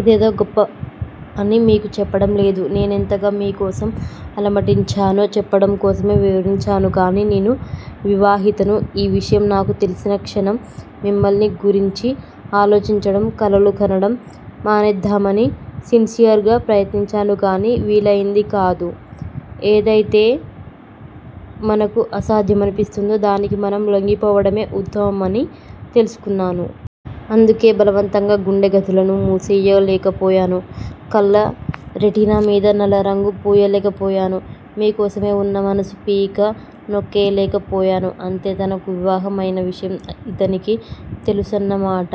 ఇదేదో గొప్ప అని మీకు చెప్పడం లేదు నేనెంతగా మీకోసం అలమటించానో చెప్పడం కోసమే వివరించాను కానీ నేను వివాహితను ఈ విషయం నాకు తెలిసిన క్షణం మిమ్మల్ని గురించి ఆలోచించడం, కలలు కనడం మానేద్దామని సిన్సియర్ గా ప్రయత్నించాను కానీ వీలయింది కాదు. ఏదయితే మనకు అసాధ్యమనిపిస్తుందో దానికి మనం లొంగిపోవడమే ఉత్తమమని తెలుసుకున్నాను. అందుకే బలవంతంగా గుండె గదులను మూసెయ్యలేకపోయాను. కళ్ళ రెటీనామీద నల్లరంగు పూయలేకపోయాను. మీకోసమే వున్న మనసు పీక నొక్కేయలేక పోయాను అంతే తనకు వివాహం అయిన విషయం ఇతనికి తెలుసన్న మాట.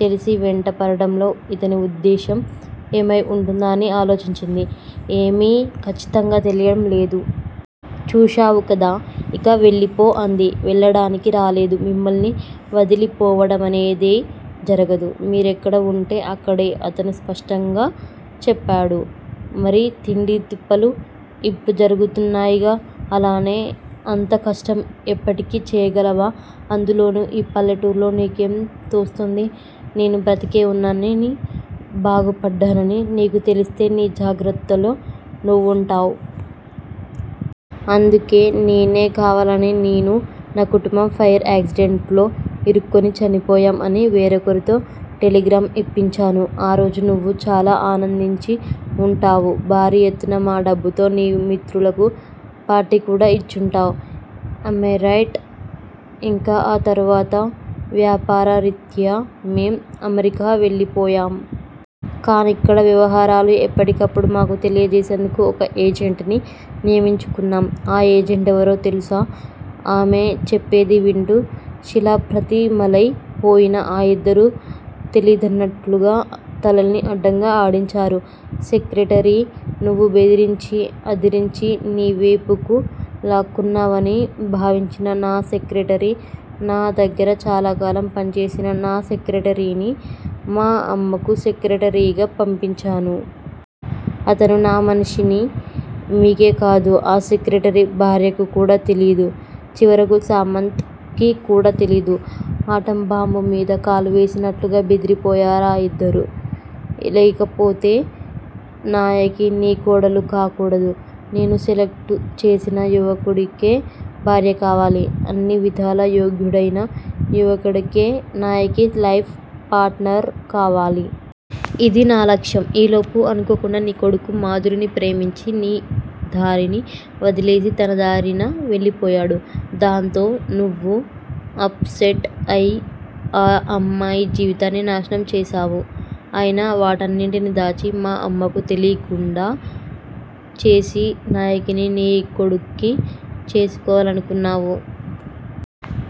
తెలిసీ వెంట పడడంలో ఇతని ఉద్దేశ్యం ఏమై ఉంటుందా అని ఆలోచించింది. ఏమీ ఖచ్చితంగా తెలియడం లేదు. చూశావు కదా! ఇక వెళ్ళిపో అంది. వెళ్ళడానికి రాలేదు. మిమ్మల్ని వదిలిపోవడమనేది జరగదు! మీరెక్కడ వుంటే అక్కడే అతను స్పష్టంగా చెప్పాడు. మరి తిండీ తిప్పలు? ఇప్పుడు జరుగుతున్నాయిగా అలానే అంత కష్టం ఎప్పటికీ చేయగలవా అందులోనూ ఈ పల్లెటూర్లో నీకేం తోస్తుంది? నేను బ్రతికే ఉన్నానని, బాగుపడ్డానని నీకు తెలిస్తే నీ జాగ్రత్తలో నువ్వుంటావు. అందుకే నేనే కావాలని-నేను నా కుటుంబం ఫైర్ యాక్సిడెంట్ లో ఇరుక్కుని చనిపోయాం అని వేరొకరితో టెలిగ్రామ్ ఇప్పించాను. ఆరోజు నువ్వు చాలా ఆనందించి ఉంటావు. భారీ ఎత్తున మా డబ్బుతో నీ మిత్రులకు పార్టీకూడా ఇచ్చుంటావ్. ఏమైరైట్? ఇంకా ఆ తరువాత వ్యాపారరీత్యా మేం అమెరికా వెళ్ళిపోయాం. కానిక్కడ వ్యవహారాలు ఎప్పటికప్పుడు మాకు తెలియజేసేందుకు ఒక ఏజెంట్ ని నియమించుకున్నాం. ఆ ఏజెంటెవరో తెలుసా? ఆమె చెప్పేది వింటూ శిలాప్రతిమలయి పోయిన ఆ ఇద్దరూ తెలీదన్నట్లుగా తలల్ని అడ్డంగా ఆడించారు. సెక్రటరీ నువ్వు బెదిరించి, అదిరించి నీవేపుకు లాక్కున్నావని భావించిన నా సెక్రెటరీ. నా దగ్గర చాలాకాలం పనిచేసిన నా సెక్రెటరీని మా అమ్మకు సెక్రటరీగా పంపించాను. అతను నా మనిషని మీకే కాదు ఆ సెక్రటరీ భార్యకు కూడా తెలీదు. చివరకు సామంత్ కి కూడా తెలీదు ఆటంబాంబు మీద కాలు వేసినట్లుగా బెదిరిపోయారా యిద్దరూ. ఇకపోతే నాయకి నీ కోడలు కాకూడదు. నేను సెలెక్టు చేసిన యువకుడికే భార్య కావాలి. అన్ని విధాల యోగ్యుడయిన యువకుడికే నాయకి లైఫ్ పార్టనర్ కావాలి. ఇది నా లక్ష్యం. ఈలోపు అనుకోకుండా నీ కొడుకు మాధురిని ప్రేమించి నీ దారిని వదిలేసి తనదారిన వెళ్ళిపోయాడు. దాంతో నువ్వు అప్ సెట్ అయి ఆ అమ్మాయి జీవితాన్ని నాశనం చేసావు. అయినా వాటన్నింటిని దాచి, మా అమ్మకు తెలీకుండా చేసి నాయకిని నీ కొడుక్కి చేసుకోవాలనుకున్నావు.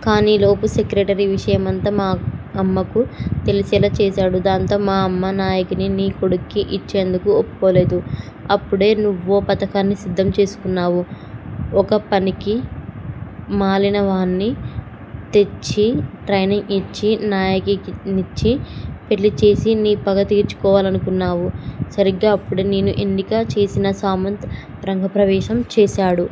కానీలోపు సెక్రటరీ విషయమంతా మా అమ్మకు తెలిసేలా చేసాడు. దాంతో మా అమ్మ నాయకిని నీ కొడుక్కి ఇచ్చేందుకు ఒప్పుకోలేదు. అప్పుడే నువ్వో పథకాన్ని సిద్ధం చేసుకున్నావు. ఒక పనికి మాలినవాడ్ని తెచ్చి ట్రైనింగ్ ఇచ్చి నాయకినిచ్చి పెళ్ళి చేసి నీ పగ తీర్చుకోవాలనుకున్నావు. సరీగ్గా అప్పుడే నేను ఎన్నిక చేసిన సామంత్ రంగప్రవేశం చేశాడు.